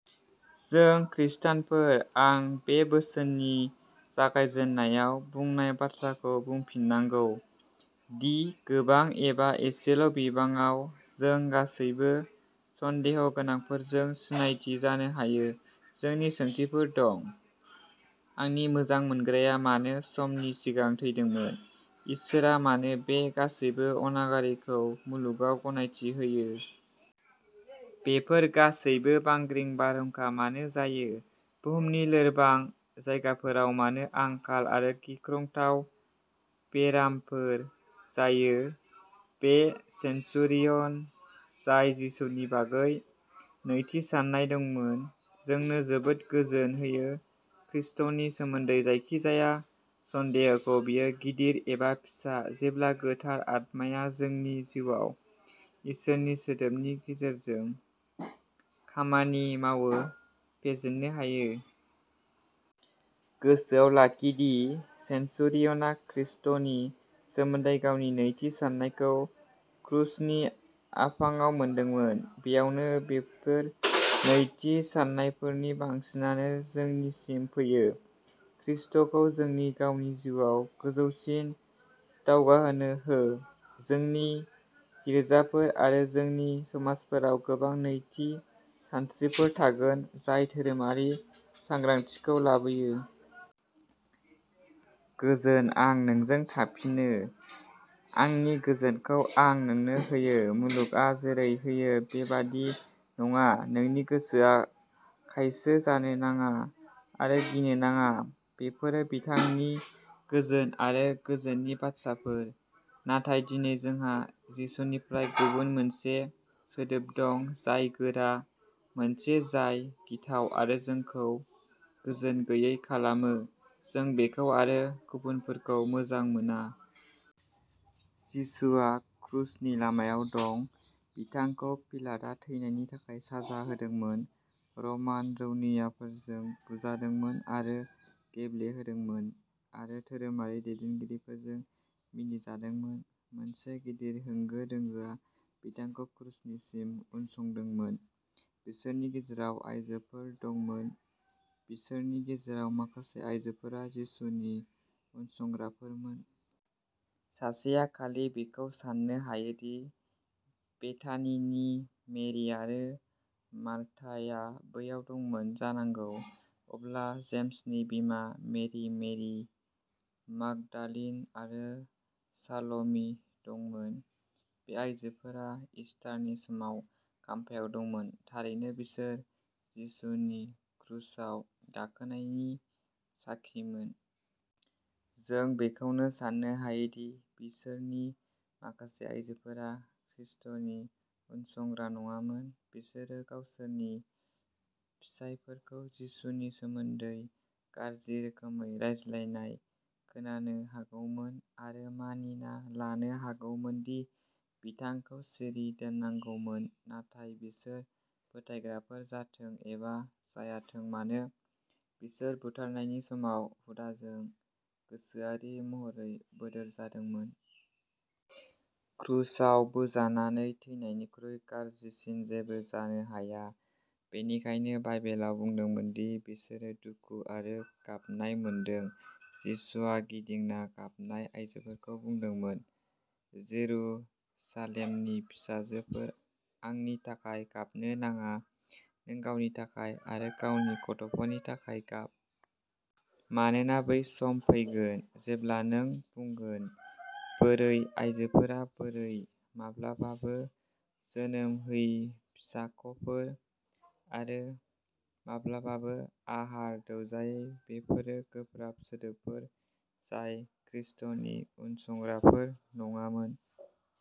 जों ख्रिस्टियानफोर, आं बे बोसोननि जागायजेननायाव बुंनाय बाथ्राखौ बुंफिननांगौ दि, गोबां एबा एसेल'बिबाङाव जों गासैबो सन्देह' गोनांफोरजों सिनायथि जानो हायो। जोंनि सोंथिफोर दं। आंनि मोजां मोनग्राया मानो समनि सिगां थैदोंमोन? इसोरआ मानो बे गासैबो अनागारिखौ मुलुगाव गनायथि होयो? बेफोर गासैबो बांग्रि, बारहुंखा मानो जायो? बुहुमनि लोरबां जायगाफोराव मानो आंखाल आरो गिख्रंथाव बेरामफोर जायो? बे सेनचुरियन, जाय जिसुनि बागै नैथि साननाय दंमोन, जोंनो जोबोद गोजोन होयो ख्रिस्ट’नि सोमोन्दै जायखिजाया सन्देह'खौ बेयो गिदिर एबा फिसा जेब्ला गोथार आत्माया जोंनि जिउआव इसोरनि सोदोबनि गेजेरजों खामानि मावो, फेजेननो हायो। गोसोआव लाखि दि सेनचुरियनआ ख्रिस्टनि सोमोन्दै गावनि नैथि साननायखौ क्रुसनि आफाङाव मोनदोंमोन। बैयावनो बेफोर नैथि साननायफोरनि बांसिनानो जोंनिसिम फैयो। ख्रिस्ट’खौ जोंनि गावनि जिउआव, गोजौसिम दावगाहोनो हो। जोंनि गिरजाफोर आरो जोंनि समाजफोराव गोबां नैथि सानस्रिफोर थागोन जाय धोरोमारि सांग्रांथिखौ लाबोयो। "गोजोन आं नोंजों थांफिनो, आंनि गोजोनखौ आं नोंनो होयो। मुलुगआ जेरै होयो बेबादि नङा। नोंनि गोसोआ खायसो जानो नाङा आरो गिनो नाङा"। बेफोरो बिथांनि गोजोन आरो गोजोननि बाथ्राफोर। नाथाय दिनै जोंहा जिसुनिफ्राय गुबुन मोनसे सोदोब दं जाय गोरा, मोनसे जाय गिथाव आरो जोंखौ गोजोन गैयै खालामो जों बेखौ आरो गुबुनफोरखौ मोजां मोना। जिसुआ क्रुसनि लामायाव दं। बिथांखौ पिलाटआ थैनायनि थाखाय साजा होदोंमोन, रमान रौनियाफोरजों बुजादोंमोन आरो गेब्ले होदोंमोन, आरो धोरोमारि दैदेनगिरिफोरजों मिनिजादोंमोन। मोनसे गिदिर होंगो दोंगोआ बिथांखौ क्रुसनिसिम उनसंदोंमोन। बिसोरनि गेजेराव आयजोफोर दंमोन। बिसोरनि गेजेराव माखासे आयजोफोरा जिसुनि उनसंग्राफोरमोन। सासेआ खालि बेखौ साननो हायो दि बेथानिनि मेरि आरो मार्थाआ बैयाव दंमोन जानांगौ। अब्ला जेम्सनि बिमा मेरि, मेरि मागदालिन आरो साल'मि दंमोन। बे आइजोफोरा इस्टारनि समाव खाम्फायाव दंमोन। थारैनो बिसोर जिसुनि क्रुसाव गाखोनायनि साखिमोन। जों बेखौबो साननो हायो दि बिसोरनि माखासे आइजोफोरा ख्रिस्ट’नि उनसंग्रा नङामोन। बिसोरो गावसोरनि फिसायफोरखौ जिसुनि सोमोन्दै गाज्रि रोखोमै रायज्लायनाय खोनानो हागौमोन, आरो मानिना लानो हागौमोन दि बिथांखौ सिरि दोननांगौमोन। नाथाय बिसोर फोथायग्राफोर जाथों एबा जायाथों मानो, बिसोर बुथारनायनि समान हुदाजों गोसोआरि महरै बोदोर जादोंमोन। क्रुसाव बोजानानै थैनायनिख्रुइ गाज्रिसिन जेबो जानो हाया, बेनिखायनो बाइबेला बुंदोंमोन दि बिसोरो दुखु आरो गाबनाय मोनदों। जिसुआ गिदिंना गाबनाय आयजोफोरखौ बुंदोंमोन, "जेरुसालेमनि फिसाजोफोर, आंनि थाखाय गाबनो नाङा'' नों गावनि थाखाय आरो गावनि गथ'फोरनि थाखाय गाब। मानोना बै सम फैगोन जेब्ला नों बुंगोन, बोरै आयजोफोरा बोरै, माब्लाबाबो जोनोम होयि फिसाख'फोर आरो माब्लाबाबो आहार दौजायै बेफोरो गोब्राब सोदोबफोर जाय ख्रिस्ट’नि उनसंग्राफोर नङामोन।